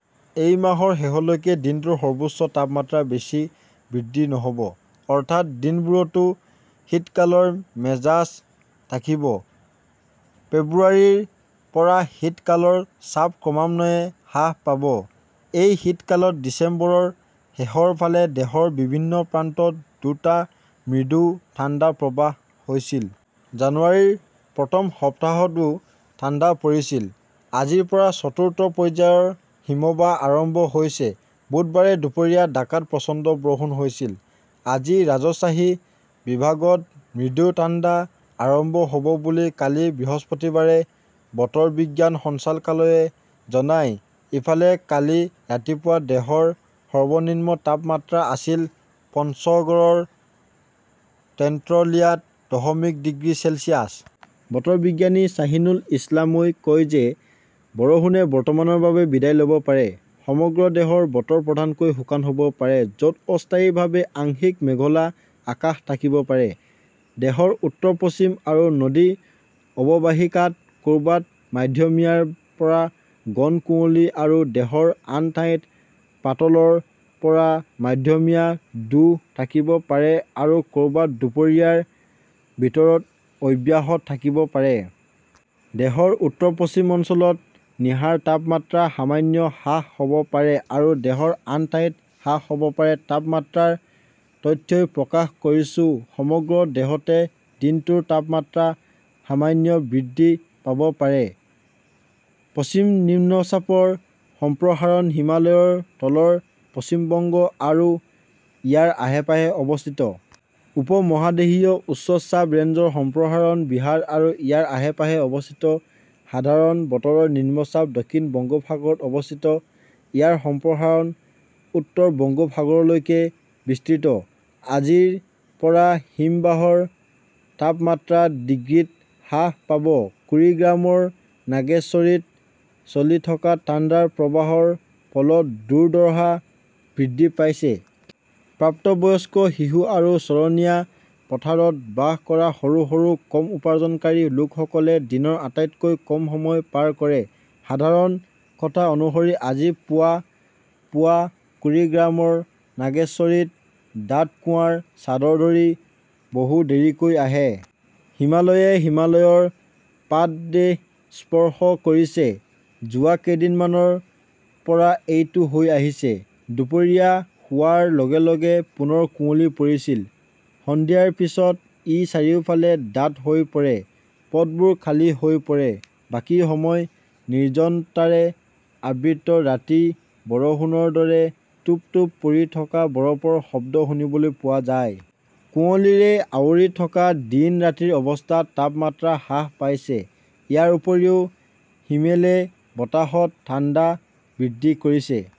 এই মাহৰ শেষলৈকে দিনটোৰ সৰ্বোচ্চ তাপমাত্ৰা বেছি বৃদ্ধি নহ 'ব, অৰ্থাৎ দিনবোৰতো শীতকালৰ মেজাজ থাকিব। ফেব্ৰুৱাৰীৰ পৰা শীতকালৰ চাপ ক্ৰমান্বয়ে হ্ৰাস পাব। এই শীতকালত ডিচেম্বৰৰ শেষৰ ফালে দেশৰ বিভিন্ন প্ৰান্তত দুটা মৃদু ঠাণ্ডা প্ৰৱাহ হৈছিল। জানুৱাৰীৰ প্ৰথম সপ্তাহতও ঠাণ্ডা পৰিছিল। আজিৰ পৰা চতুৰ্থ পৰ্যায়ৰ হিমবাহ আৰম্ভ হৈছে। বুধবাৰে দুপৰীয়া ঢাকাত প্ৰচণ্ড বৰষুণ হৈছিল। আজি ৰাজশ্বাহী বিভাগত মৃদু ঠাণ্ডা আৰম্ভ হʼব বুলি কালি বৃহস্পতিবাৰে বতৰ বিজ্ঞান সঞ্চালকালয়ে জনায়। ইফালে, কালি ৰাতিপুৱা দেশৰ সৰ্বনিম্ন তাপমাত্ৰা আছিল পঞ্চগড়ৰ তেন্তুলিয়াত দশমিক ডিগ্ৰী চেলছিয়াছ। বতৰ বিজ্ঞানী শ্বাহিনুল ইছলামই কয় যে বৰষুণে বৰ্তমানৰ বাবে বিদায় লʼব পাৰে। সমগ্ৰ দেশৰ বতৰ প্ৰধানকৈ শুকান হʼব পাৰে, যʼত অস্থায়ীভাৱে আংশিক মেঘলা আকাশ থাকিব পাৰে। দেশৰ উত্তৰ-পশ্চিম আৰু নদী অৱবাহিকাত কʼৰবাত মধ্যমীয়াৰ পৰা ঘন কুঁৱলী আৰু দেশৰ আন ঠাইত পাতলৰ পৰা মধ্যমীয়া ধূস থাকিব পাৰে আৰু কʼৰবাত দুপৰীয়াৰ ভিতৰত অব্যাহত থাকিব পাৰে। দেশৰ উত্তৰ-পশ্চিম অঞ্চলত নিশাৰ তাপমাত্ৰা সামান্য হ্ৰাস হʼব পাৰে আৰু দেশৰ আন ঠাইত হ্ৰাস হʼব পাৰে, তাপমাত্ৰাৰ তথ্যই প্ৰকাশ কৰিছে। সমগ্ৰ দেশতে দিনটোৰ তাপমাত্ৰা সামান্য বৃদ্ধি পাব পাৰে। পশ্চিম নিম্নচাপৰ সম্প্ৰসাৰণ হিমালয়ৰ তলৰ পশ্চিম বংগ আৰু ইয়াৰ আশে-পাশে অৱস্থিত। উপ-মহাদেশীয় উচ্চ চাপ ৰেঞ্জৰ সম্প্ৰসাৰণ বিহাৰ আৰু ইয়াৰ আশে-পাশে অৱস্থিত। সাধাৰণ বতৰৰ নিম্নচাপ দক্ষিণ বংগোপসাগৰত অৱস্থিত, ইয়াৰ সম্প্ৰসাৰণ উত্তৰ বংগোপসাগৰলৈকে বিস্তৃত। আজিৰ পৰা হিমবাহৰ তাপমাত্ৰা ডিগ্ৰীত হ্ৰাস পাব কুৰিগ্ৰামৰ নাগেশ্বৰীত চলি থকা ঠাণ্ডাৰ প্ৰবাহৰ ফলত দুৰ্দশা বৃদ্ধি পাইছে। প্ৰাপ্তবয়স্ক, শিশু আৰু চৰণীয়া পথাৰত বাস কৰা সৰু সৰু, কম উপাৰ্জনকাৰী লোকসকলে দিনৰ আটাইতকৈ কম সময় পাৰ কৰে। সাধাৰণ কথা অনুসৰি আজি পুৱা পুৱা কুৰিগ্ৰামৰ নাগেশ্বৰীত ডাঠ কুৱাৰ চাদৰ ধৰি বহু দেৰিকৈ আহে। হিমালয়ে হিমালয়ৰ পাদদেশ স্পৰ্শ কৰিছে। যোৱা কেইদিনমানৰ পৰা এইটো হৈ আহিছে। দুপৰীয়া হোৱাৰ লগে লগে পুনৰ কুঁৱলী পৰিছিল। সন্ধিয়াৰ পিছত ই চাৰিওফালে ডাঠ হৈ পৰে। পথবোৰ খালী হৈ পৰে। বাকী সময় নিৰ্জনতাৰে আবৃত ৰাতি, বৰষুণৰ দৰে টুপ-টুপ পৰি থকা বৰফৰ শব্দ শুনিবলৈ পোৱা যায়। কুঁৱলীৰে আৱৰি থকা দিন-ৰাতিৰ অৱস্থাত তাপমাত্ৰা হ্ৰাস পাইছে। ইয়াৰ উপৰিও হিমেলে বতাহত ঠাণ্ডা বৃদ্ধি কৰিছে।